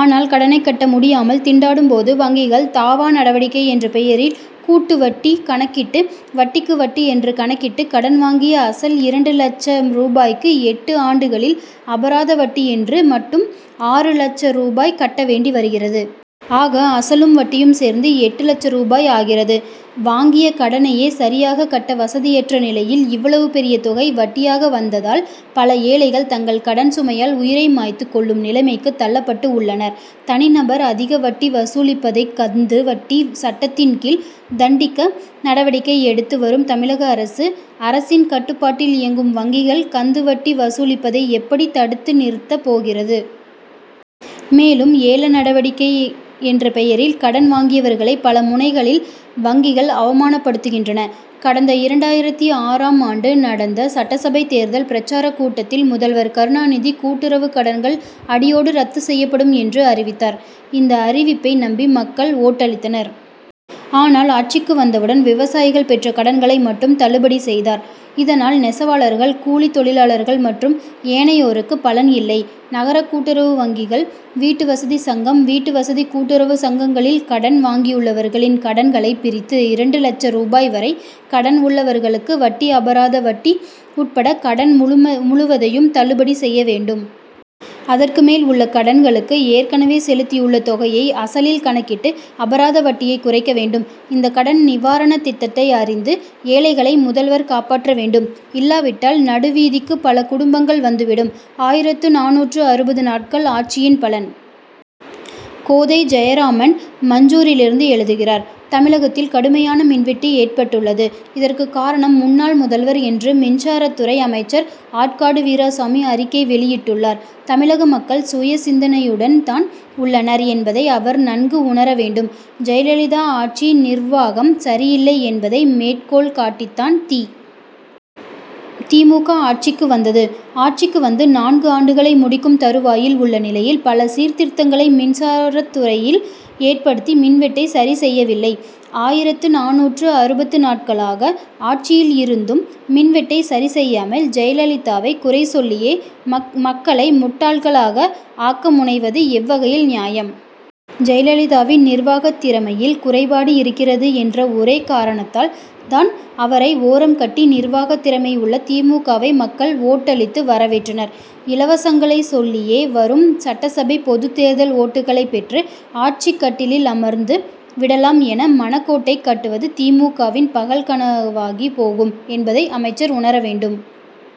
ஆனால் கடனை கட்ட முடியாமல் திண்டாடும் போது வங்கிகள் தாவா நடவடிக்கை என்ற பெயரில் கூட்டு வட்டி கணக்கிட்டு வட்டிக்கு வட்டி என்று கணக்கிட்டு கடன் வாங்கிய அசல் இரண்டு லட்ச ரூபாய்க்கு எட்டு ஆண்டுகளில் அபராத வட்டி என்று மட்டும் ஆறு லட்ச ரூபாய் கட்ட வேண்டி வருகிறது. ஆக அசலும் வட்டியும் சேர்ந்து எட்டு லட்ச ரூபாய் ஆகிறது. வாங்கிய கடனையே சரியாக கட்ட வசதியற்ற நிலையில் இவ்வளவு பெரிய தொகை வட்டியாக வந்ததால் பல ஏழைகள் தங்கள் கடன் சுமையால் உயிரை மாய்த்து கொள்ளும் நிலைக்கு தள்ளப்பட்டு உள்ளனர். தனி நபர் அதிக வட்டி வசூலிப்பதை கந்து வட்டி சட்டத்தின் கீழ் தண்டிக்க நடவடிக்கை எடுத்து வரும் தமிழக அரசு அரசின் கட்டுப்பாட்டில் இயங்கும் வங்கிகள் கந்து வட்டி வசூலிப்பதை எப்படி தடுத்து நிறுத்த போகிறது? மேலும் ஏல நடவடிக்கை என்ற பெயரில் கடன் வாங்கியவர்களை பல முனைகளில் வங்கிகள் அவமானப்படுத்துகின்றன. கடந்த இரண்டாயிரத்து ஆறாம் ஆண்டு நடந்த சட்டசபை தேர்தல் பிரசாரக் கூட்டத்தில் முதல்வர் கருணாநிதி கூட்டுறவுக் கடன்கள் அடியோடு ரத்து செய்யப்படும் என்று அறிவித்தார். இந்த அறிவிப்பை நம்பி மக்கள் ஓட்டளித்தனர். ஆனால் ஆட்சிக்கு வந்தவுடன் விவசாயிகள் பெற்ற கடன்களை மட்டும் தள்ளுபடி செய்தார். இதனால் நெசவாளர்கள் கூலித் தொழிலாளர்கள் மற்றும் ஏனையோருக்கு பலன் இல்லை. நகர கூட்டுறவு வங்கிகள் வீட்டுவசதி சங்கம் வீட்டுவசதி கூட்டுறவு சங்கங்களில் கடன் வாங்கியுள்ளவர்களின் கடன் களை பிரித்து இரண்டு லட்ச ரூபாய் வரை கடன் உள்ளவர்களுக்கு வட்டி அபராத வட்டி உட்பட கடன் முழுவதையும் தள்ளுபடி செய்ய வேண்டும். அதற்கு மேல் உள்ள கடன் களுக்கு ஏற்கனவே செலுத்தியுள்ள தொகையை அசலில் கணக்கிட்டு அபராத வட்டியை குறைக்க வேண்டும். இந்த கடன் நிவாரண திட்டத்தை அறிந்து ஏழைகளை முதல்வர் காப்பாற்ற வேண்டும். இல்லாவிட்டால் நடுவீதிக்கு பல குடும்பங்கள் வந்து விடும். ஆயிரத்து நானூற்று அறுபது நாட்கள் ஆட்சியின் பலன்? கோதை ஜெயராமன் மீஞ்சூரிலிருந்து எழுதுகிறார் தமிழகத்தில் கடுமையான மின்வெட்டு ஏற்பட்டுள்ளது. இதற்கு காரணம் முன்னாள் முதல்வர் என்று மின்சாரத்துறை அமைச்சர் ஆற்காடு வீராசாமி அறிக்கை வெளியிட்டுள் ளார். தமிழக மக்கள் சுய சிந்தனையுடன் தான் உள்ளனர் என்பதை அவர் நன்கு உணர வேண்டும். ஜெயலலிதா ஆட்சி நிர்வாகம் சரியில்லை என்பதை மேற்கோள் காட்டி தான் தி. மு. க. ஆட்சிக்கு வந்தது. ஆட்சிக்கு வந்து நான்கு ஆண்டுகளை முடிக்கும் தருவாயில் உள்ள நிலையில் பல சீர்திருத்தங்களை மின்சாரத்துறையில் ஏற்படுத்தி மின் வெட்டை சரி செய்யவில்லை. ஆயிரத்து நானூற்று அறுபது நாட்களாக ஆட்சியில் இருந்தும் மின்வெட்டை சரி செய்யாமல் ஜெயலலிதாவை குறை சொல்லியே மக்களை முட் டாள்களாக ஆக்க முனைவது எவ்வகையில் நியாயம்? ஜெயலலிதாவின் நிர்வாகத் திறமையில் குறைபாடு இருக்கிறது என்ற ஒரே காரணத்தால் தான் அவரை ஓரம் கட்டி நிர்வாகத் திறமை உள்ள தி. மு. க.வை மக்கள் ஓட்டளித்து வரவேற்றனர். இலவசங்களை சொல் லியே வரும் சட்டசபை பொதுத்தேர்தல் ஓட்டுகளை பெற்று ஆட்சி கட்டிலில் அமர்ந்து விடலாம் என மனக்கோட்டை கட்டுவது தி. மு. க.வின் பகல் கனவாகி போகும் என்பதை அமைச்சர் உணர வேண்டும்.